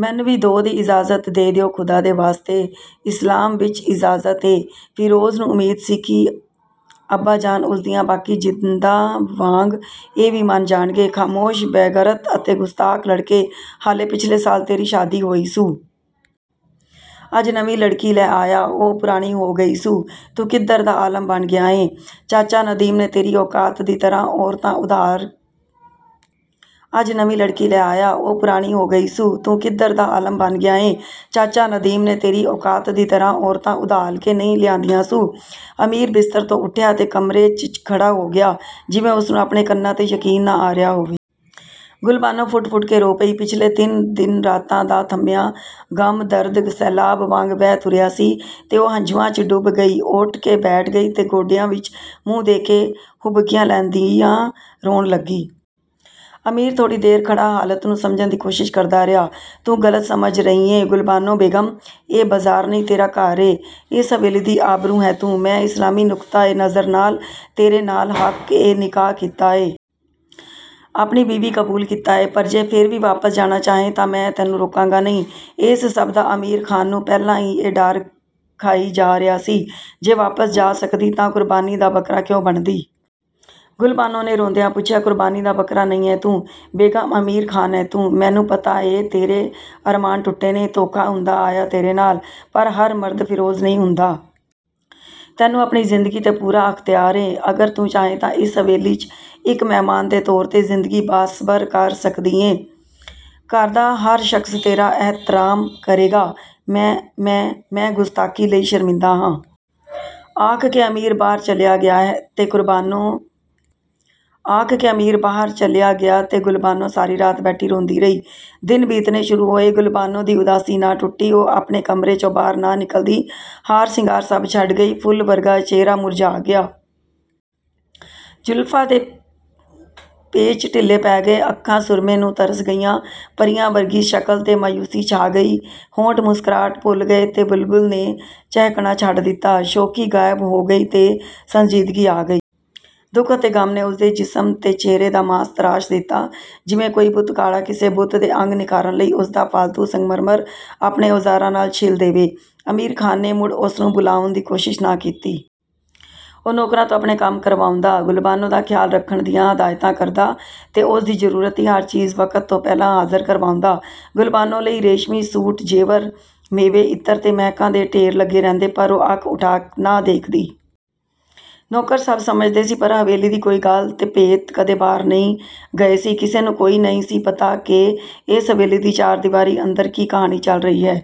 ਮੈਨੂੰ ਵੀ ਦੋ ਦੀ ਇਜਾਜ਼ਤ ਦੇ ਦਿਉ ਖ਼ੁਦਾ ਦੇ ਵਾਸਤੇ..! ਇਸਲਾਮ ਵਿੱਚ ਇਜਾਜ਼ਤ ਏ। ਫਿਰੋਜ਼ ਨੂੰ ਉਮੀਦ ਸੀ ਕਿ ਅੱਬਾ ਜਾਨ, ਉਸਦੀਆ ਬਾਕੀ ਜ਼ਿੱਦਾਂ ਵਾਂਗ ਇਹ ਵੀ ਮੰਨ ਜਾਣਗੇ…! "ਖਾਮੌਸ਼… ਬੇਗੈਰਤ ਅਤੇ ਗੁਸਤਾਖ ਲੜਕੇ… ਹਾਲੇ ਪਿਛਲੇ ਸਾਲ ਤੇਰੀ ਸ਼ਾਦੀ ਹੋਈ ਸੂ। ਅੱਜ ਨਵੀ ਲੜਕੀ ਲੈ ਆਇਆ। ਉਹ ਪੁਰਾਣੀ ਹੋ ਗਈ ਸੂ…! ਤੂੰ ਕਿਧਰ ਦਾ ਆਲਮ ਬਣ ਗਿਆ ਏ…! ਚਾਚਾ ਨਦੀਮ ਨੇ ਤੇਰੀ ਔਕਾਤ ਦੀ ਤਰ੍ਹਾਂ ਔਰਤਾਂ ਉਧਾਲ ਕੇ ਨਹੀ ਲਿਆਦੀਆਂ ਸੂ। ਅਮੀਰ ਬਿਸਤਰ ਤੋਂ ਉਠਿਆਂ ਤੇ ਕਮਰੇ, ਚ' ਖੜ੍ਹਾ ਹੋ ਗਿਆ, ਜਿਵੇਂ ਉਸਨੂੰ ਆਪਣੇ ਕੰਨਾਂ ਤੇ ਯਕੀਨ ਨਾ ਆ ਰਿਹਾਂ ਹੋਵੇ। ਗੁਲਬਾਨੋ ਫੁੱਟ-ਫੁੱਟ ਕੇ ਰੋ ਪਈ। ਪਿਛਲੇ ਤਿੰਨ, ਦਿਨ-ਰਾਤਾਂ ਦਾ ਥੰਮਿਆਂ 'ਗਮ-ਦਰਦ', ਸੈਲਾਬ ਵਾਂਗ ਵਹਿ ਤੁਰਿਆ ਸੀ ਤੇ ਉਹ ਹੰਝੂਆਂ, ਚ' ਡੁੱਬ ਗਈ। ਉਠ ਕੇ ਬੈਠ ਗਈ ਤੇ ਗੋਡਿਆ ਵਿੱਚ ਮੂੰਹ ਦੇ ਕੇ ਹੁਬਕੀਆਂ ਲੈਦੀਆਂ ਰੋਣ ਲੱਗੀ। ਅਮੀਰ ਥੋੜ੍ਹੀ ਦੇਰ ਖੜ੍ਹਾ ਹਾਲਤ ਨੂੰ ਸਮਝਣ ਦੀ ਕੋਸ਼ਿਸ ਕਰਦਾ ਰਿਹਾ। "ਤੂੰ ਗਲਤ ਸਮਝ ਰਹੀ ਏਂ ਗੁਲਬਾਨੋ ਬੇਗਮ ".. ਇਹ ਬਜ਼ਾਰ ਨਹੀਂ ਤੇਰਾ ਘਰ ਏਂ। ਇਸ ਹਵੇਲੀ ਦੀ ਆਬਰੂ ਹੈ ਤੂੰ… ਮੈਂ ਇਸਲਾਮੀ ਨੁੱਕਤਾ-ਏ-ਨਜ਼ਰ ਨਾਲ, ਤੇਰੇ ਨਾਲ ਹੱਕ-ਏ-ਨਿਕਾਹ ਕੀਤਾ ਏਂ। ਆਪਣੀ ਬੀਵੀ ਕਬੂਲ ਕੀਤਾ ਏਂ। ਪਰ ਜੇ ਫਿਰ ਵੀ ਵਾਪਿਸ ਜਾਣਾ ਚਾਹੇ ਤਾਂ ਮੈਂ ਤੈਨੂੰ ਰੋਕਾਗਾ ਨਹੀ…! ਇਸ ਸਭ ਦਾ ਅਮੀਰ ਖ਼ਾਨ ਨੂੰ ਪਹਿਲਾਂ ਹੀ ਇਹ ਡਰ ਖਾਈ ਜਾ ਰਿਹਾ ਸੀ। "ਜੇ ਵਾਪਿਸ ਜਾ ਸਕਦੀ ਤਾਂ ਕੁਰਬਾਨੀ ਦਾ ਬਕਰਾ ਕਿਉਂ ਬਣਦੀ",! ਗੁਲਬਾਨੋ ਨੇ ਰੋਂਦਿਆ ਪੁੱਛਿਆ…! "ਕੁਰਬਾਨੀ ਦਾ ਬੱਕਰਾ ਨਹੀ ਹੈ ਤੂੰ.. ਬੇਗਮ ਅਮੀਰ ਖਾਨ ਹੈ ਤੂੰ …। ਮੈਨੂੰ ਪਤਾ ਏ ਤੇਰੇ ਅਰਮਾਨ ਟੁੱਟੇ ਨੇ, ਧੋਖਾ ਹੁੰਦਾਂ ਆਇਆ ਤੇਰੇ ਨਾਲ, ਪਰ ਹਰ ਮਰਦ ਫਿਰੋਜ ਨਹੀ ਹੁੰਦਾ। ਤੈਨੂੰ ਆਪਣੀ ਜ਼ਿੰਦਗੀ ਤੇ ਪੂਰਾ ਅਖਤਿਆਰ ਏਂ। ਅਗਰ ਤੂੰ ਚਾਹੇ ਤਾਂ ਇਸ ਹਵੇਲੀ, ਚ' ਇਕ ਮਹਿਮਾਨ ਦੇ ਤੌਰ ਤੇ ਜ਼ਿੰਦਗੀ ਬਾਸ਼ਬਰ ਕਰ ਸਕਦੀ ਏਂ..!! ਘਰ ਦਾ ਹਰ ਸ਼ਖਸ ਤੇਰਾ ਅਹਿਤਰਾਮ ਕਰੇਗਾ। ਮੈਂ….. ਮੈਂ…… ਮੈਂ ਗੁਸਤਾਖੀ ਲਈ ਸ਼ਰਮਿੰਦਾ ਹਾਂ। ਆਖਕੇ, ਅਮੀਰ ਬਾਹਰ ਚਲਿਆ ਗਿਆ ਤੇ ਗੁਲਬਾਨੋ ਸਾਰੀ ਰਾਤ ਬੈਠੀ ਰੋਂਦੀ ਰਹੀ। ਦਿਨ ਬੀਤਣੇ ਸੁਰੂ ਹੋਏ, ਗੁਲਬਾਨੋ ਦੀ ਉਦਾਸੀ ਨਾ ਟੁੱਟੀ। ਉਹ ਆਪਣੇ ਕਮਰੇ, ਚੋਂ ਬਾਹਰ ਨਾ ਨਿੱਕਲਦੀ। ਹਾਰ ਸਿੰਗਾਰ ਸੱਭ ਛੱਡ ਗਈ, ਫੁੱਲ ਵਰਗਾ ਚਿਹਰਾ ਮੁਰਝਾ ਗਿਆ। ਜ਼ੁਲਫ਼ਾ ਦੇ ਪੇਚ ਢਿੱਲੇ ਪੈ ਗਏ। ਅੱਖਾਂ ਸੁਰਮੇ ਨੂੰ ਤਰਸ਼ ਗਈਆ। ਪਰੀਆ ਵਰਗੀ ਸ਼ਕਲ ਤੇ ਮਾਯੂਸੀ ਛਾ ਗਈ। ਹੋਂਠ ਮੁਸਕ੍ਰਾਹਟ ਭੁੱਲ ਗਏ ਤੇ ਬੁਲਬਲ ਨੇ ਚਹਿਕਣਾ ਛੱਡ ਦਿਤਾ। ਸ਼ੋਖੀ ਗਾਇਬ ਹੋ ਗਈ ਤੇ ਸੰਜੀਦਗੀ ਆ ਗਈ। ਦੁਖ ਅਤੇ ਗਮ ਨੇ ਉਸਦੇ ਜ਼ਿਸਮ ਤੇ ਚਿਹਰੇ ਦਾ ਮਾਸ ਤਰਾਸ਼ ਦਿਤਾ… ਜਿਵੇਂ ਕੋਈ ਬੁੱਤਘਾੜਾ ਕਿਸੇ ਬੁੱਤ ਦੇ ਅੰਗ ਨਿਖਾਰਨ ਲਈ ਉਸਦਾ ਫਾਲਤੂ ਸੰਗਮਰਮਰ ਆਪਣੇ ਔਜ਼ਾਰਾਂ ਨਾਲ ਛਿੱਲ ਦੇਵੇ। ਅਮੀਰ ਖ਼ਾਨ ਨੇ, ਮੁੜ ਉਸਨੂੰ ਬਲਾਉਣ ਦੀ ਕੋਸ਼ਿਸ ਨਾ ਕੀਤੀ। ਉਹ ਨੌਕਰਾ ਤੋਂ ਆਪਣੇ ਕੰਮ ਕਰਵਾਉਦਾ। ਗੁਲਬਾਨੋ ਦਾ ਖ਼ਿਆਲ ਰੱਖਣ ਦੀਆਂ ਹਦਾਇਤਾਂ ਕਰਦਾ ਤੇ ਉਸ ਦੀ ਜ਼ਰੂਰਤ ਦੀ ਹਰ ਚੀਜ਼ ਵਕਤ ਤੋਂ ਪਹਿਲਾਂ ਹਾਜ਼ਰ ਕਰਵਾਉਦਾ। ਗੁਲਬਾਨੋ ਲਈ ਰੇਸ਼ਮੀ ਸੂਟ, ਜੇਵਰ, ਮੇਵੇ, ਇਤਰ ਤੇ ਮਹਿਕਾ ਦੇ ਢੇਰ ਲੱਗੇ ਰਹਿੰਦੇ ਪਰ ਉਹ ਅੱਖ ਉਠਾ ਨਾ ਦੇਖਦੀ। ਨੌਕਰ ਸਭ ਸਮਝਦੇ ਸੀ, ਪਰ ਹਵੇਲੀ ਦੀ ਕੋਈ ਗੱਲ ਤੇ ਭੇਤ ਕਦੇ ਬਾਹਰ ਨਹੀ ਗਏ ਸੀ। ਕਿਸੇ ਨੂੰ ਕੋਈ ਨਹੀਂ ਸੀ ਪਤਾ ਕੇ ਇਸ ਹਵੇਲੀ ਦੀ ਚਾਰ ਦੀਵਾਰੀ ਅੰਦਰ ਕੀ ਕਹਾਣੀ ਚੱਲ ਰਹੀ ਹੈ।